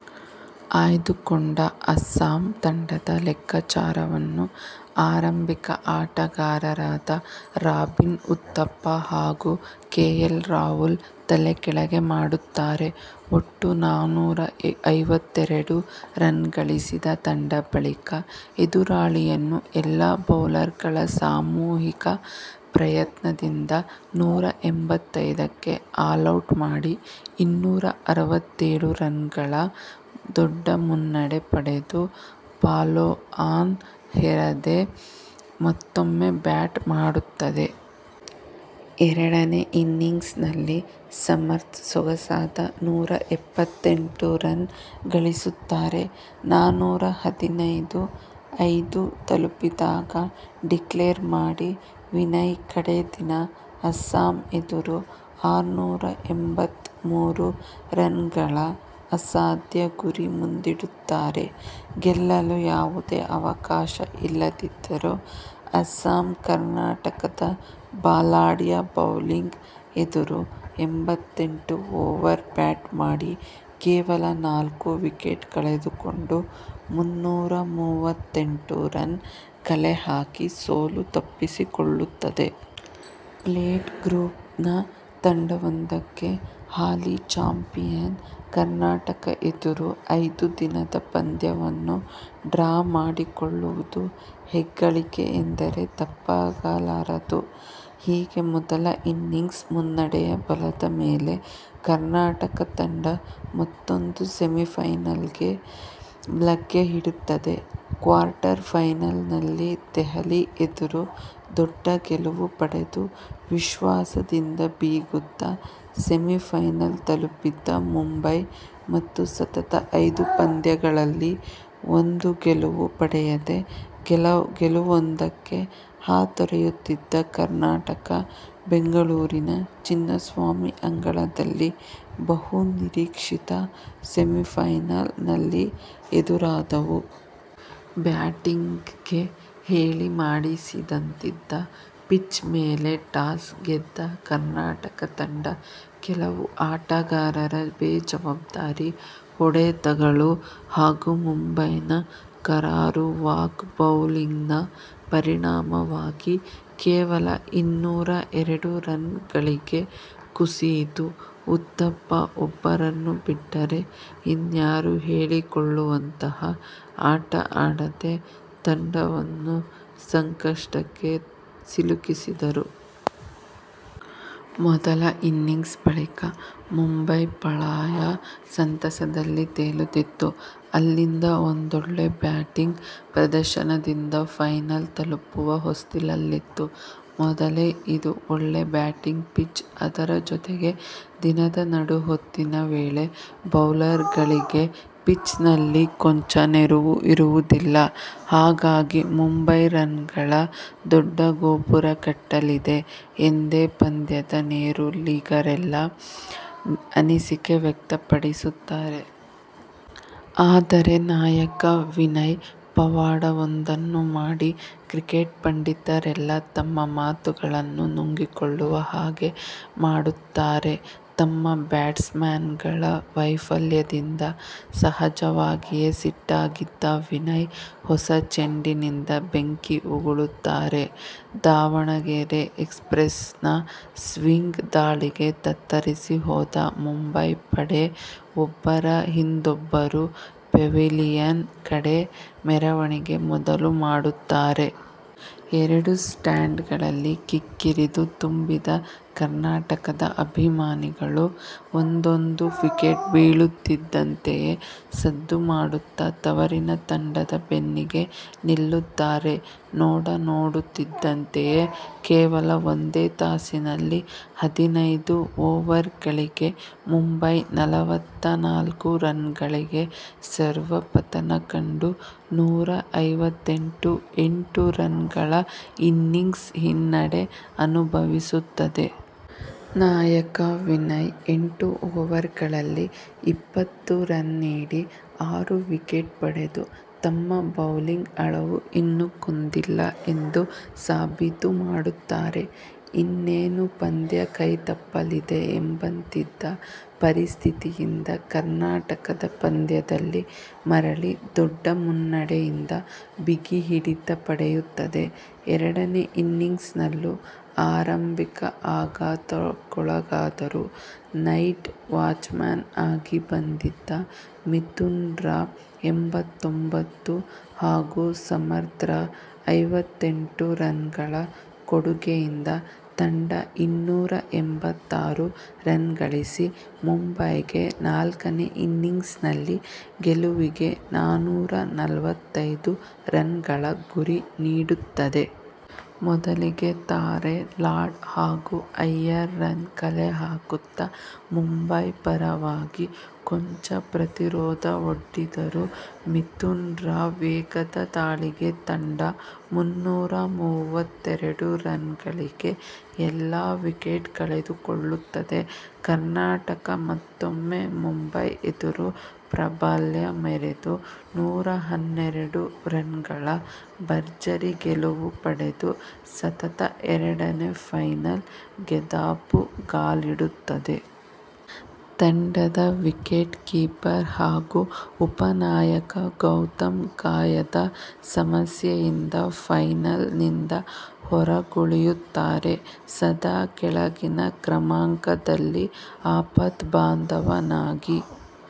ಆಯ್ದುಕೊಂಡ ಅಸ್ಸಾಮ್ ತಂಡದ ಲೆಕ್ಕಾಚಾರವನ್ನು ಆರಂಬಿಕ ಆಟಗಾರರಾದ ರಾಬಿನ್ ಉತ್ತಪ್ಪ ಹಾಗೂ ಕೆ. ಎಲ್. ರಾಹುಲ್ ತಲೆಕೆಳಗೆ ಮಾಡುತ್ತಾರೆ. ಒಟ್ಟು ನಾನೂರ ಐವತ್ತೆರಡು ರನ್ ಗಳಿಸಿದ ತಂಡ ಬಳಿಕ ಎದುರಾಳಿಯನ್ನು ಎಲ್ಲಾ ಬೌಲರ್ ಗಳ ಸಾಮೂಹಿಕ ಪ್ರಯತ್ನದಿಂದ ನೂರ ಎಂಭತ್ತೈದಕ್ಕೆ ಆಲೌಟ್ ಮಾಡಿ ಇನ್ನೂರ ಅರವತ್ತೆಳು ರನ್ ಗಳ ದೊಡ್ಡ ಮುನ್ನಡೆ ಪಡೆದು, ಪಾಲೊ-ಆನ್ ಹೇರದೆ ಮತ್ತೊಮ್ಮೆ ಬ್ಯಾಟ್ ಮಾಡುತ್ತದೆ. ಎರಡನೇ ಇನ್ನಿಂಗ್ಸ್ ನಲ್ಲಿ ಸಮರ್ತ್ ಸೊಗಸಾದ ನೂರಾ ಎಪ್ಪತ್ತೆಂಟು ರನ್ ಗಳಿಸುತ್ತಾರೆ. ನಾನೂರ ಹದಿನೈದು ಐದು ತಲುಪಿದಾಗ ಡಿಕ್ಲೇರ್ ಮಾಡಿ ವಿನಯ್ ಕಡೇ ದಿನ ಅಸ್ಸಾಮ್ ಎದುರು ಆರ್ನೂರ ಎಂಭತ್ತ್ ಮೂರು ರನ್ ಗಳ ಅಸಾದ್ಯ ಗುರಿ ಮುಂದಿಡುತ್ತಾರೆ. ಗೆಲ್ಲಲು ಯಾವುದೇ ಅವಕಾಶ ಇಲ್ಲದಿದ್ದರೂ ಅಸ್ಸಾಮ್, ಕರ್ನಾಟಕದ ಬಲಾಡ್ಯ ಬೌಲಿಂಗ್ ಎದುರು ಎಂಭತ್ತೆಂಟು ಓವರ್ ಬ್ಯಾಟ್ ಮಾಡಿ ಕೇವಲ ನಾಲ್ಕು ವಿಕೆಟ್ ಕಳೆದುಕೊಂಡು ಮುನ್ನೂರ ಮೂವತ್ತೆಂಟು ರನ್ ಕಲೆಹಾಕಿ ಸೋಲು ತಪ್ಪಿಸಿಕೊಳ್ಳುತ್ತದೆ. ಪ್ಲೇಟ್ ಗ್ರೂಪ್ ನ ತಂಡವೊಂದಕ್ಕೆ ಹಾಲಿ ಚಾಂಪಿಯನ್ ಕರ್ನಾಟಕ ಎದುರು ಐದು ದಿನದ ಪಂದ್ಯವನ್ನು ಡ್ರಾ ಮಾಡಿಕೊಳ್ಳುವುದು ಹೆಗ್ಗಳಿಕೆ ಎಂದರೆ ತಪ್ಪಾಗಲಾರದು. ಹೀಗೆ ಮೊದಲ ಇನ್ನಿಂಗ್ಸ್ ಮುನ್ನಡೆಯ ಬಲದ ಮೇಲೆ ಕರ್ನಾಟಕ ತಂಡ ಮತ್ತೊಂದು ಸೆಮಿಪೈನಲ್ ಗೆ ಲಗ್ಗೆ ಇಡುತ್ತದೆ. ಕ್ವಾರ್ಟರ್ ಪೈನಲ್ ನಲ್ಲಿ ದೆಹಲಿ ಎದುರು ದೊಡ್ಡ ಗೆಲುವು ಪಡೆದು ವಿಶ್ವಾಸದಿಂದ ಬೀಗುತ್ತಾ ಸೆಮಿಪೈನಲ್ ತಲುಪಿದ್ದ ಮುಂಬೈ ಮತ್ತು ಸತತ ಐದು ಪಂದ್ಯಗಳಲ್ಲಿ ಒಂದೂ ಗೆಲುವು ಪಡೆಯದೆ ಗೆಲುವೊಂದಕ್ಕೆ ಹಾತೊರೆಯುತ್ತಿದ್ದ ಕರ್ನಾಟಕ, ಬೆಂಗಳೂರಿನ ಚಿನ್ನಸ್ವಾಮಿ ಅಂಗಳದಲ್ಲಿ ಬಹು ನಿರೀಕ್ಶಿತ ಸೆಮಿಪೈನಲ್ ನಲ್ಲಿ ಎದುರಾದವು. ಬ್ಯಾಟಿಂಗ್ ಗೆ ಹೇಳಿ ಮಾಡಿಸಿದಂತಿದ್ದ ಪಿಚ್ ಮೇಲೆ ಟಾಸ್ ಗೆದ್ದ ಕರ್ನಾಟಕ ತಂಡ, ಕೆಲವು ಆಟಗಾರರ ಬೇಜವಾಬ್ದಾರಿ ಹೊಡೆತಗಳು ಹಾಗೂ ಮುಂಬೈನ ಕರಾರುವಾಕ್ ಬೌಲಿಂಗ್ ನ ಪರಿಣಾಮವಾಗಿ ಕೇವಲ ಇನ್ನೂರ ಎರಡು ರನ್ ಗಳಿಗೆ ಕುಸಿಯಿತು. ಉತ್ತಪ್ಪ ಒಬ್ಬರನ್ನು ಬಿಟ್ಟರೆ ಇನ್ಯಾರೂ ಹೇಳಿಕೊಳ್ಳುವಂತಹ ಆಟ ಆಡದೆ ತಂಡವನ್ನು ಸಂಕಶ್ಟಕ್ಕೆ ಸಿಲುಕಿಸಿದರು. ಮೊದಲ ಇನ್ನಿಂಗ್ಸ್ ಬಳಿಕ ಮುಂಬೈ ಪಾಳಯ ಸಂತಸದಲ್ಲಿ ತೇಲುತ್ತಿತ್ತು. ಅಲ್ಲಿಂದ ಒಂದೊಳ್ಳೆ ಬ್ಯಾಟಿಂಗ್ ಪ್ರದರ್ಶನದಿಂದ ಪೈನಲ್ ತಲುಪುವ ಹೊಸ್ತಿಲಲ್ಲಿತ್ತು. "ಮೊದಲೇ ಇದು ಒಳ್ಳೆ ಬ್ಯಾಟಿಂಗ್ ಪಿಚ್. ಅದರ ಜೊತೆಗೆ ದಿನದ ನಡುಹೊತ್ತಿನ ವೇಳೆಬೌಲರ್ ಗಳಿಗೆ ಪಿಚ್ ನಲ್ಲಿ ಕೊಂಚ ನೆರವೂ ಇರುವುದಿಲ್ಲ. ಹಾಗಾಗಿ ಮುಂಬೈ ರನ್ ಗಳ ದೊಡ್ಡ ಗೋಪುರ ಕಟ್ಟಲಿದೆ" ಎಂದೇ ಪಂದ್ಯದ ನೇರುಲಿಗರೆಲ್ಲಾ ಅನಿಸಿಕೆ ವ್ಯಕ್ತ ಪಡಿಸುತ್ತಾರೆ. ಆದರೆ ನಾಯಕ ವಿನಯ್ ಪವಾಡವೊಂದನ್ನು ಮಾಡಿ ಕ್ರಿಕೆಟ್ ಪಂಡಿತರೆಲ್ಲಾ ತಮ್ಮ ಮಾತುಗಳನ್ನು ನುಂಗಿಕೊಳ್ಳುವ ಹಾಗೆ ಮಾಡುತ್ತಾರೆ. ತಮ್ಮ ಬ್ಯಾಟ್ಸ್ಮನ್ ಗಳ ವೈಪಲ್ಯದಿಂದ ಸಹಜವಾಗಿಯೇ ಸಿಟ್ಟಾಗಿದ್ದ ವಿನಯ್, ಹೊಸ ಚೆಂಡಿನಿಂದ ಬೆಂಕಿ ಉಗುಳುತ್ತಾರೆ. ದಾವಣಗೆರೆ ಎಕ್ಸ್ಪ್ರೆಸ್ ನ ಸ್ವಿಂಗ್ ದಾಳಿಗೆ ತತ್ತರಿಸಿ ಹೋದ ಮುಂಬೈ ಪಡೆ ಒಬ್ಬರ ಹಿಂದೊಬ್ಬರು ಪೆವಿಲಿಯನ್ ಕಡೆ ಮೆರವಣಿಗೆ ಮೊದಲುಮಾಡುತ್ತಾರೆ. ಎರಡು ಸ್ಟಾಂಡ್ ಗಳಲ್ಲಿ ಕಿಕ್ಕಿರಿದು ತುಂಬಿದ್ದ ಕರ್ನಾಟಕದ ಅಬಿಮಾನಿಗಳು ಒಂದೊಂದು ವಿಕೆಟ್ ಬೀಳುತ್ತಿದ್ದಂತೆಯೇ ಸದ್ದು ಮಾಡುತ್ತಾ ತವರಿನ ತಂಡದ ಬೆನ್ನಿಗೆ ನಿಲ್ಲುತ್ತಾರೆ. ನೋಡನೋಡುತ್ತಿದಂತೆಯೇ ಕೇವಲ ಒಂದೇ ತಾಸಿನಲ್ಲಿ ಹದಿನೈದು ಓವರ್ ಗಳಿಗೆ ಮುಂಬೈ ನಲವತ್ತ ನಾಲ್ಕು ರನ್ ಗಳಿಗೆ ಸರ್ವಪತನ ಕಂಡು ನೂರ ಐವತ್ತೆಂಟು ಎಂಟು ರನ್ ಗಳ ಇನ್ನಿಂಗ್ಸ್ ಹಿನ್ನಡೆ ಅನುಬವಿಸುತ್ತದೆ. ನಾಯಕ ವಿನಯ್ ಎಂಟು ಓವರ್ ಗಳಲ್ಲಿ ಇಪ್ಪತ್ತು ರನ್ ನೀಡಿ ಆರು ವಿಕೆಟ್ ಪಡೆದು ತಮ್ಮ ಬೌಲಿಂಗ್ ಅಳವು ಇನ್ನೂ ಕುಂದಿಲ್ಲ ಎಂದು ಸಾಬೀತು ಮಾಡುತ್ತಾರೆ. ಇನ್ನೇನು ಪಂದ್ಯ ಕೈತಪ್ಪಲಿದೆ ಎಂಬಂತಿದ್ದ ಪರಿಸ್ತಿತಿಯಿಂದ ಕರ್ನಾಟಕ ಪಂದ್ಯದಲ್ಲಿ ಮರಳಿ ದೊಡ್ಡ ಮುನ್ನಡೆಯಿಂದ ಬಿಗಿ ಹಿಡಿತ ಪಡೆಯುತ್ತದೆ. ಎರಡನೇ ಇನ್ನಿಂಗ್ಸ್ ನಲ್ಲೂ ಆರಂಬಿಕ ಆಗಾತಕ್ಕೊಳಗಾದರೂ ನೈಟ್ ವಾಚ್ಮನ್ ಆಗಿ ಬಂದಿದ್ದ ಮಿತುನ್ ರ ಎಂಭತ್ತೊಂಭತ್ತು ಹಾಗೂ ಸಮರ್ತ್ ರ ಐವತ್ತೆಂಟು ರನ್ ಗಳ ಕೊಡುಗೆಯಿಂದ ತಂಡ ಇನ್ನೂರ ಎಂಭತ್ತಾರು ರನ್ ಗಳಿಸಿ ಮುಂಬೈಗೆ ನಾಲ್ಕನೇ ಇನ್ನಿಂಗ್ಸ್ ನಲ್ಲಿ ಗೆಲುವಿಗೆ ನಾನೂರ ನಲವತ್ತೈದು ರನ್ ಗಳ ಗುರಿ ನೀಡುತ್ತದೆ. ಮೊದಲಿಗೆ ತಾರೆ, ಲಾಡ್ ಹಾಗೂ ಅಯ್ಯರ್ ರನ್ ಕಲೆಹಾಕುತ್ತಾ ಮುಂಬೈ ಪರವಾಗಿ ಕೊಂಚ ಪ್ರತಿರೋದ ಒಡ್ಡಿದರೂ ಮಿತುನ್ ರ ವೇಗದ ದಾಳಿಗೆ ತಂಡ ಮುನ್ನೂರ ಮೂವತ್ತೆರಡು ರನ್ ಗಳಿಗೆ ಎಲ್ಲಾ ವಿಕೆಟ್ ಕಳೆದುಕೊಳ್ಳುತ್ತದೆ. ಕರ್ನಾಟಕ ಮತ್ತೊಮ್ಮೆ ಮುಂಬೈ ಎದುರು ಪ್ರಾಬಲ್ಯ ಮೆರೆದು ನೂರಾ ಹನ್ನೆರಡು ರನ್ ಗಳ ಬರ್ಜರಿ ಗೆಲುವು ಪಡೆದು ಸತತ ಎರಡನೇ ಪೈನಲ್ ಗೆದಾಪುಗಾಲಿಡುತ್ತದೆ. ತಂಡದ ವಿಕೆಟ್ ಕೀಪರ್ ಹಾಗೂ ಉಪನಾಯಕ ಗೌತಮ್ ಗಾಯದ ಸಮಸ್ಯೆಯಿಂದ ಪೈನಲ್ ನಿಂದ ಹೊರಗುಳಿಯುತ್ತಾರೆ. ಸದಾ ಕೆಳಗಿನ ಕ್ರಮಾಂಕದಲ್ಲಿ ಆಪತ್ಬಾಂದವನಾಗಿ